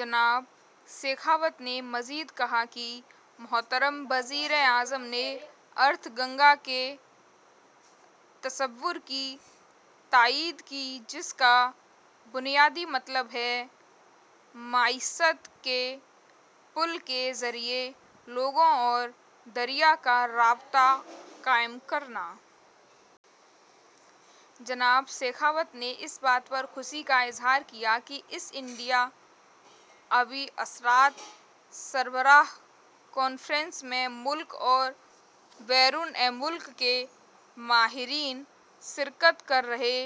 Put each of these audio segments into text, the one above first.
جناب شیخاوت نے مزید کہا کہ محترم وزیر اعظم نے ارتھ گنگا کے تصور کی تائید کی، جس کا بنیادی مطلب ہے معیشت کے پل کے ذریعے لوگوں اور دریا کا رابطہ قائم کرنا۔ جناب شیخاوت نے اس بات پر خوشی کا اظہار کیا کہ اس انڈیا آبی اثرات سربراہ کانفرنس میں ملک اور بیرون ملک کے ماہرین شرکت کر رہے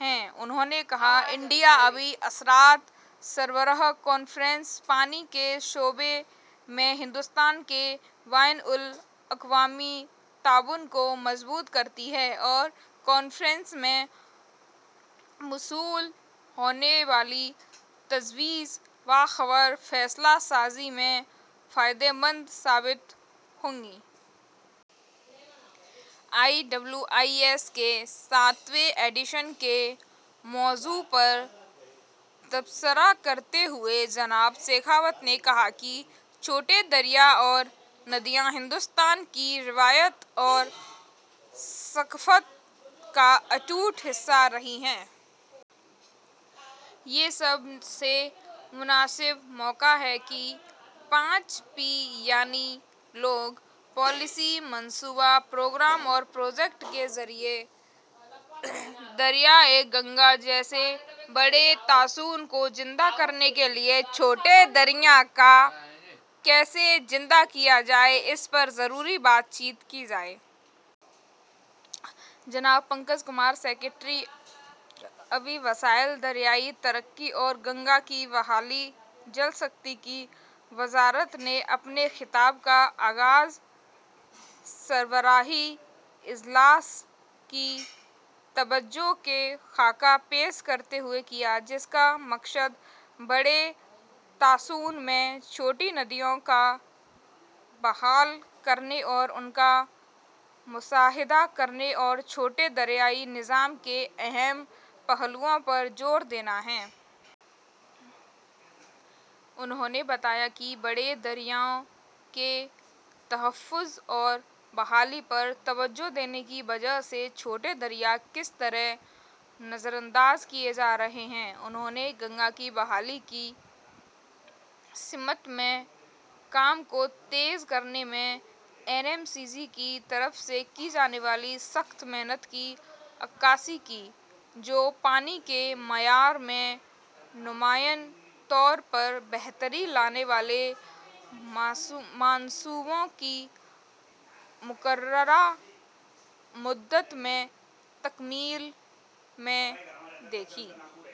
ہیں۔ انہوں نے کہا، ''انڈیا آبی اثرات سربراہ کانفرنس پانی کے شعبے میں ہندوستان کے بین الاقوامی تعاون کو مضبوط کرتی ہے اور کانفرنس میں موصول ہونے والی تجاویز باخبر فیصلہ سازی میں فائدہ مند ثابت ہوں گی۔'' آئی ڈبلیو آئی ایس کے ساتویں ایڈیشن کے موضوع پر تبصرہ کرتے ہوئے جناب شیخاوت نے کہا کہ چھوٹے دریا اور ندیاں ہندوستان کی روایت اور ثقافت کا اٹوٹ حصہ رہی ہیں اور یہ سب سے مناسب موقع ہے کہ پانچ پی، یعنی لوگ، پالیسی، منصوبہ، پروگرام اور پروجیکٹ، کے ذریعے دریائے گنگا جیسے بڑے طاسوں کو زندہ کرنے کے لیے چھوٹے دریاؤں کو کیسے زندہ کیا جائے، اس پر ضروری بات چیت کی جائے۔ جناب پنکج کمار، سکریٹری، آبی وسائل، دریائی ترقی اور گنگا کی بحالی، جل شکتی کی وزارت نے اپنے خطاب کا آغاز سربراہی اجلاس کی توجہ کا خاکہ پیش کرتے ہوئے کیا، جس کا مقصد بڑے طاسوں میں چھوٹی ندیوں کو بحال کرنا اور ان کا مشاہدہ کرنا اور چھوٹے دریائی نظام کے اہم پہلوؤں پر زور دینا ہے۔ انہوں نے بتایا کہ بڑے دریاؤں کے تحفظ اور بحالی پر توجہ دینے کی وجہ سے چھوٹے دریا کس طرح نظر انداز کیے جا رہے ہیں۔ انہوں نے گنگا کی بحالی کی سمت میں کام کو تیز کرنے میں این ایم سی جی کی طرف سے کی جانے والی سخت محنت کی عکاسی کی، جو پانی کے معیار میں نمایاں طور پر بہتری لانے والے منصوبوں کی مقررہ مدت میں تکمیل میں دیکھی...